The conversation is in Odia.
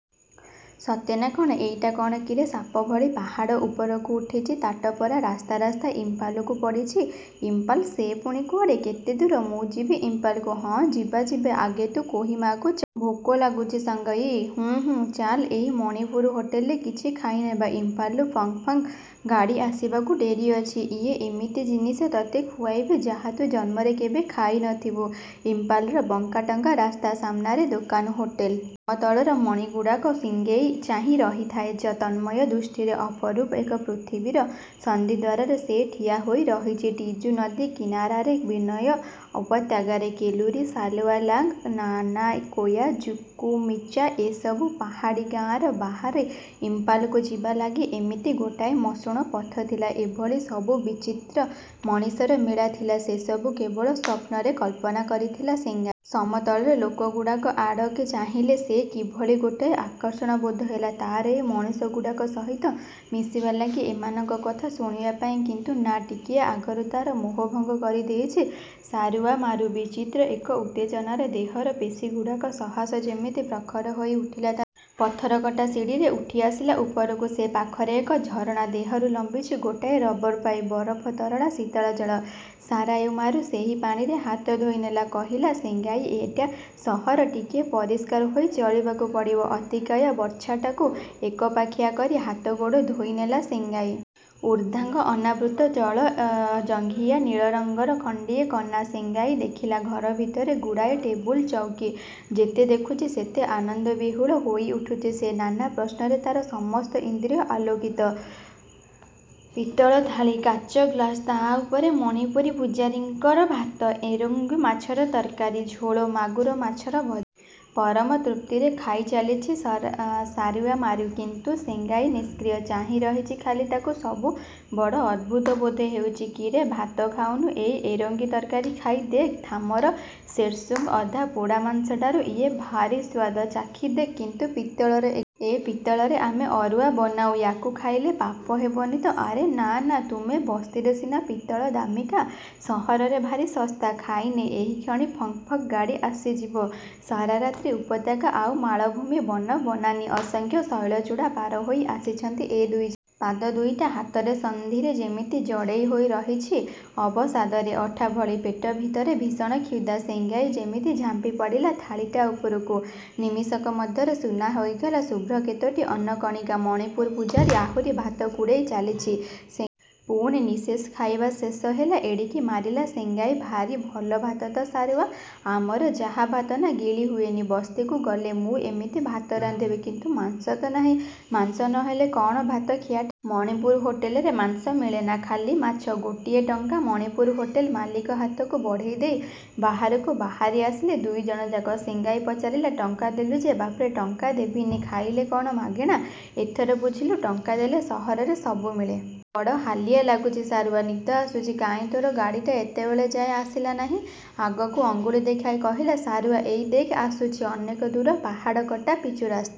ସତେ ନା କ'ଣ? ଏଇଟା କ'ଣ କିରେ ସାପ ଭଳି ପାହାଡ଼ ଉପରକୁ ଉଠିଚି। ତାଟ ପରା ରାସ୍ତା ରାସ୍ତା ଇମ୍ଫାଲକୁ ପଡ଼ିଚି। ଇମ୍ଫାଲ? ସେ ପୁଣି କୁଆଡ଼େ? କେତେ ଦୂର? ମୁଁ ଯିବି ଇମ୍ଫାଲକୁ। ହଁ, ଯିବା ଯିବା, ଆଗେ ତୁ କୋହିମାକୁ ଚାଲ। ଭୋକ ଲାଗୁଚି ସେଙ୍ଗାଇ? ''ହୁଁ ହୁଁ ହୁଁ।'' ଚାଲ ଏ ମଣିପୁରୀ ହୋଟେଲରେ କିଛି ଖାଇନେବା। ଇମ୍ଫାଲରୁ ପଙ୍କ୍ ପଙ୍କ୍ ଗାଡ଼ି ଆସିବାକୁ ଡେରି ଅଛି। ଇଏମିତି ଜିନିଷ ତତେ ଖୁଆଇବି ଯାହା ତୁ ଜନ୍ମରେ କେବେ ଖାଇ ନଥିବୁ। ଇମ୍ଫାଲର ବଙ୍କାଟଙ୍କା ରାସ୍ତା, ସାମନାରେ ଦୋକାନ, ହୋଟେଲ। ସମତଳର ମଣିଷଗୁଡ଼ାକୁ ସେଙ୍ଗାଇ ଚାହିଁ ରହିଥାଏ ତନ୍ମୟ ଦୃଷ୍ଟିରେ। ଅପରୂପ ଏକ ପୃଥିବୀର ସନ୍ଧିଦ୍ୱାରରେ ସେ ଠିଆହୋଇ ରହିଚି। ଟିଜୁ ନଦୀ କିନାରାରେ, ବିନୟ ଉପତ୍ୟକାରେ, କେଲୁରୀ, ସାଲୁୟାଲାଙ୍ଗ, ନାନକୋୟା, ଜୁକୁମିଚା ଏହିସବୁ ପାହାଡ଼ୀ ଗାଁର ବାହାରେ ଇମ୍ଫାଲକୁ ଯିବା ଲାଗି ଇମିତି ଗୋଟିଏ ମସୃଣ ପଥ ଥିଲା, ଏଭଳି ସବୁ ବିଚିତ୍ର ମଣିଷର ମେଳା ଥିଲା, ସେସବୁ କ'ଣ ସ୍ୱପ୍ନରେ କଳ୍ପନା କରିଥିଲା ସେଙ୍ଗାଇ? ସମତଳର ଲୋକଗୁଡ଼ାକ ଆଡ଼କି ଚାହିଁଲା ସେ କିଭଳି ଗୋଟାଏ ଆକର୍ଷଣ ବୋଧହେଲା ତାର ଏ ମଣିଷଗୁଡ଼ାକ ସହିତ ମିଶିବା ଲାଗି, ଏମାନଙ୍କ କଥା ଶୁଣିବା ପାଇଁ। କିନ୍ତୁ ନା, ଟିକିଏ ଆଗରୁ ତାର ମୋହଭଙ୍ଗ କରି ଦେଇଚି ସାରୁୟାମାରୁ। ବିଚିତ୍ର ଏକ ଉତ୍ତେଜନାରେ ଦେହର ପେଶୀଗୁଡ଼ାକ ସହସା ଯେମିତି ପ୍ରଖର ହୋଇଉଠିଲା ତାର। ପଥରକଟା ସିଡ଼ିରେ ଉଠିଆସିଲା ଉପରକୁ ସେ। ପାଖରେ ଏକ ଝରଣା ଦେହରୁ ଲମ୍ବିଚି ଗୋଟାଏ ରବରପାଇପ। ବରଫ ତରଳା ଶୀତଳ ଜଳ। ସାରୁୟାମାରୁ ସେହି ପାଣିରେ ହାତ ଧୋଇନେଲା। କହିଲା, ସେଙ୍ଗାଇ ଏଇଟା ସହର, ଟିକିଏ ପରିଷ୍କାର ହୋଇ ଚଳିବାକୁ ପଡ଼ିବ। ଅତିକାୟ ବର୍ଚ୍ଛାଟାକୁ ଏକପାଖିଆ କରି ହାତଗୋଡ଼ ଧୋଇ ନେଲା ସେଙ୍ଗାଇ। ଊର୍ଦ୍ଧ୍ୱାଙ୍ଗ ଅନାବୃତ୍ତ। ତଳେ ଜଙ୍ଘିଆ ନୀଳ ରଙ୍ଗର ଖଣ୍ଡିଏ କନା। ସେଙ୍ଗାଇ ଦେଖିଲା ଘର ଭିତରେ ଗୁଡ଼ାଏ ଟେବୁଲ, ଚୌକୀ। ଯେତେ ଦେଖୁଚି, ସେତିକି ଆନନ୍ଦବିହ୍ୱଳ ହୋଇଉଠୁଚି ସେ। ନାନା ପ୍ରଶ୍ନରେ ତାର ସମସ୍ତ ଇନ୍ଦ୍ରିୟ ଆଲୋକିତ । ପିତ୍ତଳ ଥାଳୀ, କାଚ ଗ୍ଲାସ, ତା ଉପରେ ମଣିପୁରୀ ପୂଜାରୀଙ୍କର ଭାତ, ଏରଙ୍ଗୁ ମାଛର ତରକାରୀ, ଝୋଳ, ମାଗୁର ମାଛର ଭଜା। ପରମତୃପ୍ତିରେ ଖାଇଚାଲିଚି ସାରୁୟାମାରୁ; କିନ୍ତୁ ସେଙ୍ଗାଇ ନିଷ୍କ୍ରିୟ। ଚାହିଁ ରହିଚି ଖାଲି ତାକୁ ସବୁ ବଡ଼ ଅଦ୍ଭୁତ ବୋଧହେଉଚି। କିରେ ଭାତ ଖାଉନୁ, ଏଇ ଏରଙ୍ଗୁ ତରକାରୀ ଖାଇ ଦେଖ। ଥାମର ସେଟସୁଙ୍ଗ ଅଧା ପୋଡ଼ା ମାଂସଠାରୁ ଇଏ ଭାରି ସୁଆଦ। ଚାଖି ଦେଖ। କିନ୍ତୁ ପିତ୍ତଳର ଏଗୁଡ଼ାକ। ଏ ପିତ୍ତଳରେ ଆମେ ଅରୁଆ ବନଉଁ, ୟାକୁ ଖାଇଲେ ପାପ ହେବନି ତ! ଆରେ ନାଁ ନାଁ, ତୁମ ବସ୍ତିରେ ସିନା ପିତ୍ତଳ ଦାମିକା, ସହରରେ ଭାରି ଶସ୍ତା। ଖାଇନେ, ଏହିକ୍ଷଣି ପଙ୍କ୍ ପଙ୍କ୍ ଗାଡ଼ି ଆସିଯିବ। ସାରା ରାତ୍ରି ଉପତ୍ୟକା ଆଉ ମାଳଭୂମି, ବନ ବନାନୀ, ଅସଂଖ୍ୟ ଶୈଳଚୂଡ଼ା ପାର ହୋଇ ଆସିଚନ୍ତି ଏ ଦୁଇଜଣ। ପାଦ ଦୁଇଟା ହାତର ସନ୍ଧିରେ ଯେମିତି ଜଡ଼େଇ ହୋଇରହିଛି ଅବସାଦରେ, ଅଠା ଭଳି। ପେଟ ଭିତରେ ଭୀଷଣ କ୍ଷୁଧା। ସେଙ୍ଗାଇ ଯେମିତି ଝାମ୍ପି ପଡ଼ିଲା ଥାଳୀଟା ଉପରକୁ। ନିମିଷକ ମଧ୍ୟରେ ଶୂନ୍ୟ ହୋଇଗଲା ଶୁଭ୍ର କେତୋଟି ଅନ୍ନକଣିକା। ମଣିପୁରୀ ପୂଜାରୀ ଆହୁରି ଭାତ କୁଢ଼େଇ ଚାଲିଚି ସେଙ୍ଗା। ପୁଣି। ନିଃଶେଷ। ଖାଇବା ଶେଷ ହେଲା। ଏଡ଼ିକି ମାରିଲା ସେଙ୍ଗାଇ ଭାରି ଭଲ ଭାତ ତ ସାରୁୟା! ଆମର ଯାହା ଭାତନା, ଗିଳି ହୁଏନି। ବସ୍ତିକୁ ଗଲେ ମୁଁ ଏମିତି ଭାତ ରାନ୍ଧିବି, କିନ୍ତୁ ମାଂସ ତ ନାହିଁ। ମାଂସ ନ ହେଲେ କ'ଣ ଭାତ ଖିଆ। ମଣିପୁରୀ ହୋଟେଲରେ ମାଂସ ମିଳେନା, ଖାଲି ମାଛ। ଗୋଟିଏ ଟଙ୍କା ମଣିପୁରୀ ହୋଟେଲ ମାଲିକ ହାତକୁ ବଢ଼େଇ ଦେଇ ବାହାରକୁ ବାହାରି ଆସିଲେ ଦୁଇଜଣଯାକ। ସେଙ୍ଗାଇ ପଚାରିଲା ଟଙ୍କା ଦେଲୁ ଯେ! ବାପ୍ରେ, ଟଙ୍କା ଦେବିନି? ଖାଇଲେ କ'ଣ ମାଗଣା? ଏଥର ବୁଝିଲୁ, ଟଙ୍କା ଦେଲେ ସହରରେ ସବୁ ମିଳେ। ବଡ଼ ହାଲିଆ ଲାଗୁଚି ସାରୁୟା ନିଦ ଆସୁଚି। କାହିଁ ତୋର ଗାଡ଼ିଟା ଏତେବେଳେ ଯାଏ ଆସିଲା ନାହିଁ। ଆଗକୁ ଅଙ୍ଗୁଳି ଦେଖାଇ କହିଲା ସାରୁୟା ଏଇ ଦେଖ ଆସୁଚି। ଅନେକ ଦୂର ପାହାଡ଼ କଟା ପିଚୁରାସ୍ତା।